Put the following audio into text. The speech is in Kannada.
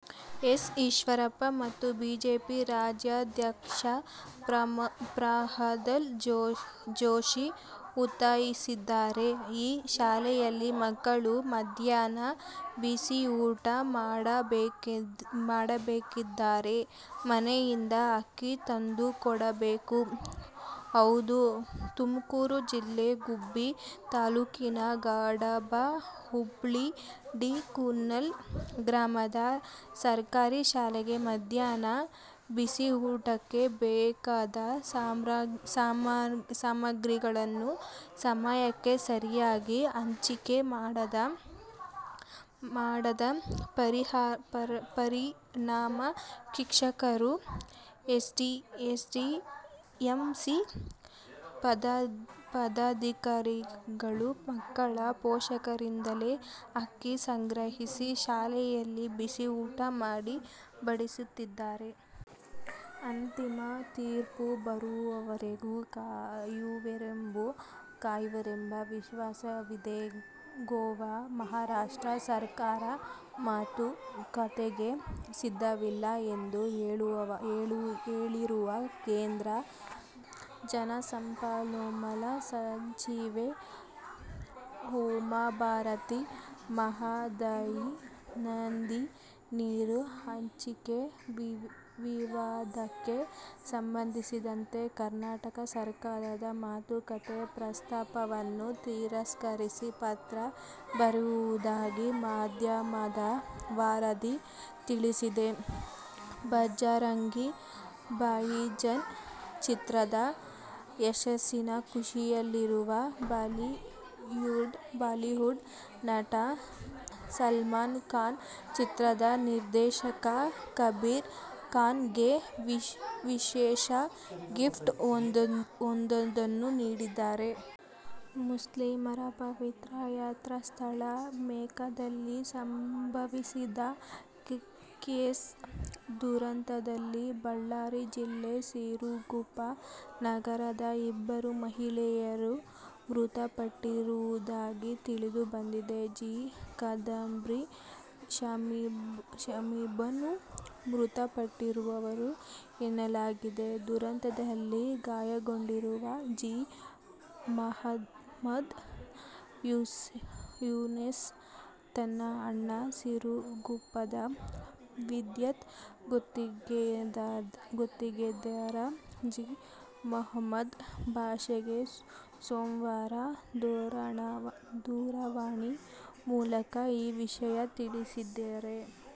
ಎಸ್. ಈಶ್ವರಪ್ಪ ಮತ್ತು ಬಿಜೆಪಿ ರಾಜ್ಯಾಧ್ಯಕ್ಷ ಪ್ರಹ್ಲಾದ್ ಜೋಶಿ ಒತ್ತಾಯಿಸಿದ್ದಾರೆ. ಈ ಶಾಲೆಯಲ್ಲಿ ಮಕ್ಕಳು ಮಧ್ಯಾಹ್ನ ಬಿಸಿಯೂಟ ಮಾಡಬೇಕೆಂದರೆ, ಮನೆಯಿಂದ ಅಕ್ಕಿ ತಂದುಕೊಡಬೇಕು! ಹೌದು. ತುಮಕೂರು ಜಿಲ್ಲೆ ಗುಬ್ಬಿ ತಾಲೂಕಿನ ಕಡಬ ಹೋಬಳಿ ಡಿ. ಕುನ್ನಾಲ ಗ್ರಾಮದ ಸರ್ಕಾರಿ ಶಾಲೆಗೆ ಮಧ್ಯಾಹ್ನ ಬಿಸಿಯೂಟಕ್ಕೆ ಬೇಕಾದ ಸಾಮಗ್ರಿಗಳನ್ನು ಸಮಯಕ್ಕೆ ಸರಿಯಾಗಿ ಹಂಚಿಕೆ ಮಾಡದ ಪರಿಣಾಮ ಶಿಕ್ಷಕರು, ಎಸ್ಡಿಎಂಸಿ ಪದಾಧಿಕಾರಿಗಳು ಮಕ್ಕಳ ಪೋಷಕರಿಂದಲೇ ಅಕ್ಕಿ ಸಂಗ್ರಹಿಸಿ ಶಾಲೆಯಲ್ಲಿ ಬಿಸಿಯೂಟ ಮಾಡಿ ಬಡಿಸುತ್ತಿದ್ದಾರೆ. ಅಂತಿಮ ತೀರ್ಪು ಬರುವವರೆಗೂ ಕಾಯುವಿರೆಂಬ ವಿಶ್ವಾಸವಿದೆ. ಗೋವಾ, ಮಹಾರಾಷ್ಟ್ರ ಸರ್ಕಾರ ಮಾತುಕತೆಗೆ ಸಿದ್ಧವಿಲ್ಲ ಎಂದು ಹೇಳಿರುವ ಕೇಂದ್ರ ಜಲಸಂಪನ್ಮೂಲ ಸಚಿವೆ ಉಮಾಭಾರತಿ, ಮಹದಾಯಿ ನದಿ ನೀರು ಹಂಚಿಕೆ ವಿವಾದಕ್ಕೆ ಸಂಬಂಧಿಸಿದಂತೆ ಕರ್ನಾಟಕ ಸರ್ಕಾರದ ಮಾತುಕತೆ ಪ್ರಸ್ತಾಪವನ್ನು ತಿರಸ್ಕರಿಸಿ ಪತ್ರ ಬರೆದಿರುವುದಾಗಿ ಮಾಧ್ಯಮದ ವರದಿ ತಿಳಿಸಿದೆ. ಭಜರಂಗಿ ಭಾಯಿಜಾನ್ ಚಿತ್ರದ ಯಶಸ್ಸಿನ ಖುಷಿಯಲ್ಲಿರುವ ಬಾಲಿವುಡ್ ನಟ ಸಲ್ಮಾನ್ ಖಾನ್ ಚಿತ್ರದ ನಿರ್ದೇಶಕ ಕಬೀರ್ ಖಾನ್'ಗೆ ವಿಶೇಷ ಗಿಫ್ಟ್'ವೊಂದನ್ನು ನೀಡಿದ್ದಾರೆ. ಮುಸ್ಲಿಮರ ಪವಿತ್ರ ಯಾತ್ರಾ ಸ್ಥಳ ಮೆಕ್ಕಾದಲ್ಲಿ ಸಂಭವಿಸಿದ ಕ್ರೇನ್ ದುರಂತದಲ್ಲಿ ಬಳ್ಳಾರಿ ಜಿಲ್ಲೆ ಸಿರುಗುಪ್ಪ ನಗರದ ಇಬ್ಬರು ಮಹಿಳೆಯರು ಮೃತಪಟ್ಟಿರುವುದಾಗಿ ತಿಳಿದುಬಂದಿದೆ. ಜಿ. ಖಾದರ್ಬೀ, ಶಮೀಮ್ಬಾನು ಮೃತಪಟ್ಟವರು ಎನ್ನಲಾಗಿದೆ. ದುರಂತದಲ್ಲಿ ಗಾಯಗೊಂಡಿರುವ ಜಿ. ಮಹಮ್ಮದ್ ಯುನೂಸ್ ತನ್ನ ಅಣ್ಣ ಸಿರುಗುಪ್ಪದ ವಿದ್ಯುತ್ ಗುತ್ತಿಗೆದಾರ ಜಿ. ಮೆಹಬೂಬ್ ಭಾಷಾಗೆ ಸೋಮವಾರ ದೂರವಾಣಿ ಮೂಲಕ ಈ ವಿಷಯ ತಿಳಿಸಿದ್ದಾರೆ.